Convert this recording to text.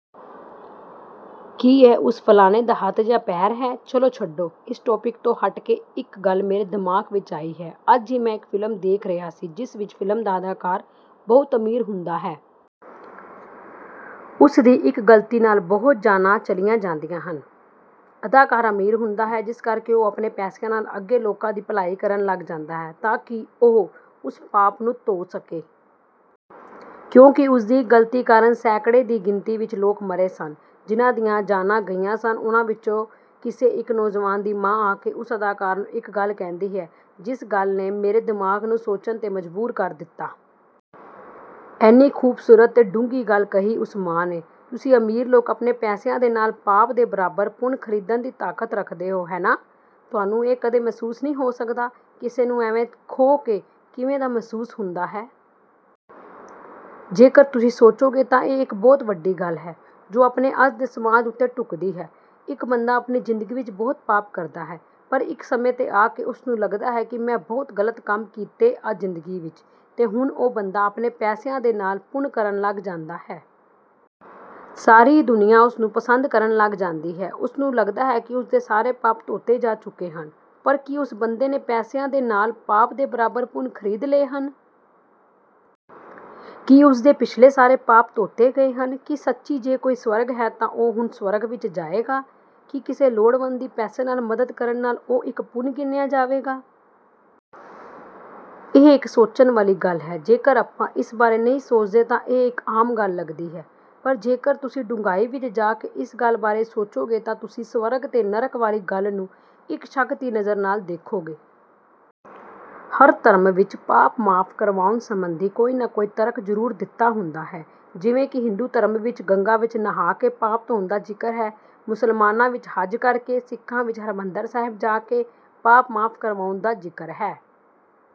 ਕੀ ਇਹ ਉਸ ਫਲਾਣੇ ਦਾ ਹੱਥ ਜਾਂ ਪੈਰ ਹੈ? ਚੱਲੋ ਛੱਡੋ, ਇਸ ਟੋਪੀਕ ਤੋਂ ਹੱਟ ਕੇ ਇੱਕ ਗੱਲ ਮੇਰੇ ਦਿਮਾਗ ਵਿੱਚ ਆਈ ਹੈ। ਅੱਜ ਹੀ ਮੈਂ ਇੱਕ ਫਿਲਮ ਦੇਖ ਰਿਹਾ ਸੀ, ਜਿਸ ਵਿੱਚ ਫਿਲਮ ਦਾ ਅਦਾਕਾਰ ਬਹੁਤ ਅਮੀਰ ਹੁੰਦਾ ਹੈ। ਉਸਦੀ ਇੱਕ ਗਲਤੀ ਨਾਲ ਬਹੁਤ ਜਾਨਾਂ ਚਲੀਆਂ ਜਾਂਦੀਆਂ ਹਨ। ਅਦਾਕਾਰ ਅਮੀਰ ਹੁੰਦਾ ਹੈ, ਜਿਸ ਕਰਕੇ ਉਹ ਆਪਣੇ ਪੈਸਿਆਂ ਨਾਲ ਅੱਗੇ ਲੋਕਾਂ ਦੀ ਭਲਾਈ ਕਰਨ ਲੱਗ ਜਾਂਦਾ ਹੈ, ਤਾਂ ਕਿ ਉਹ ਉਸ ਪਾਪ ਨੂੰ ਧੋ ਸਕੇ। ਕਿਉਂਕਿ ਉਸਦੀ ਇੱਕ ਗਲਤੀ ਕਾਰਨ ਸੈਂਕੜੇ ਦੀ ਗਿਣਤੀ ਵਿੱਚ ਲੋਕ ਮਰੇ ਸਨ। ਜਿਨ੍ਹਾਂ ਦੀਆਂ ਜਾਨਾਂ ਗਈਆਂ ਸਨ, ਉਹਨਾਂ ਵਿੱਚੋਂ ਕਿਸੇ ਇੱਕ ਨੌਜਵਾਨ ਦੀ ਮਾਂ ਆ ਕੇ ਉਸ ਅਦਾਕਾਰ ਨੂੰ ਇੱਕ ਗੱਲ ਕਹਿੰਦੀ ਹੈ, ਜਿਸ ਗੱਲ ਨੇ ਮੇਰੇ ਦਿਮਾਗ ਨੂੰ ਸੋਚਣ ਤੇ ਮਜਬੂਰ ਕਰ ਦਿੱਤਾ। ਏਨੀ ਖੂਬਸੂਰਤ ਤੇ ਡੂੰਘੀ ਗੱਲ ਕਹੀ ਉਸ ਮਾਂ ਨੇ, "ਤੁਸੀਂ ਅਮੀਰ ਲੋਕ ਆਪਣੇ ਪੈਸਿਆਂ ਦੇ ਨਾਲ ਪਾਪ ਦੇ ਬਰਾਬਰ ਪੁੰਨ ਖਰੀਦਣ ਦੀ ਤਾਕਤ ਰੱਖਦੇ ਹੋ, ਹੈ ਨਾ? ਤੁਹਾਨੂੰ ਇਹ ਕਦੇ ਮਹਿਸੂਸ ਨਹੀਂ ਹੋ ਸਕਦਾ, ਕਿਸੇ ਨੂੰ ਏਵੇਂ ਖੋ ਕੇ ਕਿਵੇਂ ਦਾ ਮਹਿਸੂਸ ਹੁੰਦਾ ਹੈ।" ਜੇਕਰ ਤੁਸੀਂ ਸੋਚੋਗੇ ਤਾਂ ਇਹ ਇੱਕ ਬਹੁਤ ਵੱਡੀ ਗੱਲ ਹੈ, ਜੋ ਆਪਣੇ ਅੱਜ ਦੇ ਸਮਾਜ ਉੱਤੇ ਢੁੱਕਦੀ ਹੈ। ਇੱਕ ਬੰਦਾ ਆਪਣੀ ਜ਼ਿੰਦਗੀ ਵਿੱਚ ਬਹੁਤ ਪਾਪ ਕਰਦਾ ਹੈ, ਪਰ ਇੱਕ ਸਮੇਂ ਤੇ ਆ ਕੇ ਉਸਨੂੰ ਲੱਗਦਾ ਹੈ ਕਿ ਮੈਂ ਬਹੁਤ ਗਲਤ ਕੰਮ ਕੀਤੇ ਆ ਜ਼ਿੰਦਗੀ ਵਿੱਚ, ਤੇ ਹੁਣ ਉਹ ਬੰਦਾ ਆਪਣੇ ਪੈਸਿਆਂ ਦੇ ਨਾਲ ਪੁੰਨ ਕਰਨ ਲੱਗ ਜਾਂਦਾ ਹੈ। ਸਾਰੀ ਦੁਨੀਆਂ ਉਸਨੂੰ ਪਸੰਦ ਕਰਨ ਲੱਗ ਜਾਂਦੀ ਹੈ। ਉਸਨੂੰ ਲੱਗਦਾ ਹੈ ਕਿ ਉਸਦੇ ਸਾਰੇ ਪਾਪ ਧੋਤੇ ਜਾ ਚੁੱਕੇ ਹਨ। ਪਰ ਕੀ ਉਸ ਬੰਦੇ ਨੇ ਪੈਸਿਆਂ ਦੇ ਨਾਲ ਪਾਪ ਦੇ ਬਰਾਬਰ ਪੁੰਨ ਖਰੀਦ ਲਏ ਹਨ? ਕੀ ਉਸਦੇ ਪਿਛਲੇ ਸਾਰੇ ਪਾਪ ਧੋਤੇ ਗਏ ਹਨ? ਕੀ ਸੱਚੀ ਜੇ ਕੋਈ ਸਵਰਗ ਹੈ ਤਾਂ ਉਹ ਹੁਣ ਸਵਰਗ ਵਿੱਚ ਜਾਏਗਾ? ਕੀ ਕਿਸੇ ਲੋੜਵੰਦ ਦੀ ਪੈਸੇ ਨਾਲ ਮਦਦ ਕਰਨ ਨਾਲ ਉਹ ਇੱਕ ਪੁੰਨ ਗਿਣਿਆ ਜਾਵੇਗਾ? ਇਹ ਇੱਕ ਸੋਚਣ ਵਾਲੀ ਗੱਲ ਹੈ। ਜੇਕਰ ਆਪਾਂ ਇਸ ਬਾਰੇ ਨਹੀਂ ਸੋਚਦੇ ਤਾਂ ਇਹ ਇੱਕ ਆਮ ਗੱਲ ਲੱਗਦੀ ਹੈ, ਪਰ ਜੇਕਰ ਤੁਸੀਂ ਡੂੰਘਾਈ ਵਿੱਚ ਜਾ ਕੇ ਇਸ ਗੱਲ ਬਾਰੇ ਸੋਚੋਗੇ ਤਾਂ ਤੁਸੀਂ ਸਵਰਗ ਤੇ ਨਰਕ ਵਾਲੀ ਗੱਲ ਨੂੰ ਇੱਕ ਸ਼ੱਕ ਦੀ ਨਜ਼ਰ ਨਾਲ ਦੇਖੋਗੇ। ਹਰ ਧਰਮ ਵਿੱਚ ਪਾਪ ਮਾਫ਼ ਕਰਵਾਉਣ ਸਬੰਧੀ ਕੋਈ ਨਾ ਕੋਈ ਤਰਕ ਜ਼ਰੂਰ ਦਿੱਤਾ ਹੁੰਦਾ ਹੈ। ਜਿਵੇਂ ਕਿ ਹਿੰਦੂ ਧਰਮ ਵਿੱਚ ਗੰਗਾ ਵਿੱਚ ਨਹਾ ਕੇ ਪਾਪ ਧੋਣ ਦਾ ਜ਼ਿਕਰ ਹੈ, ਮੁਸਲਮਾਨਾਂ ਵਿੱਚ ਹੱਜ ਕਰਕੇ, ਸਿੱਖਾਂ ਵਿੱਚ ਹਰਿਮੰਦਰ ਸਾਹਿਬ ਜਾ ਕੇ ਪਾਪ ਮਾਫ਼ ਕਰਵਾਉਣ ਦਾ ਜ਼ਿਕਰ ਹੈ।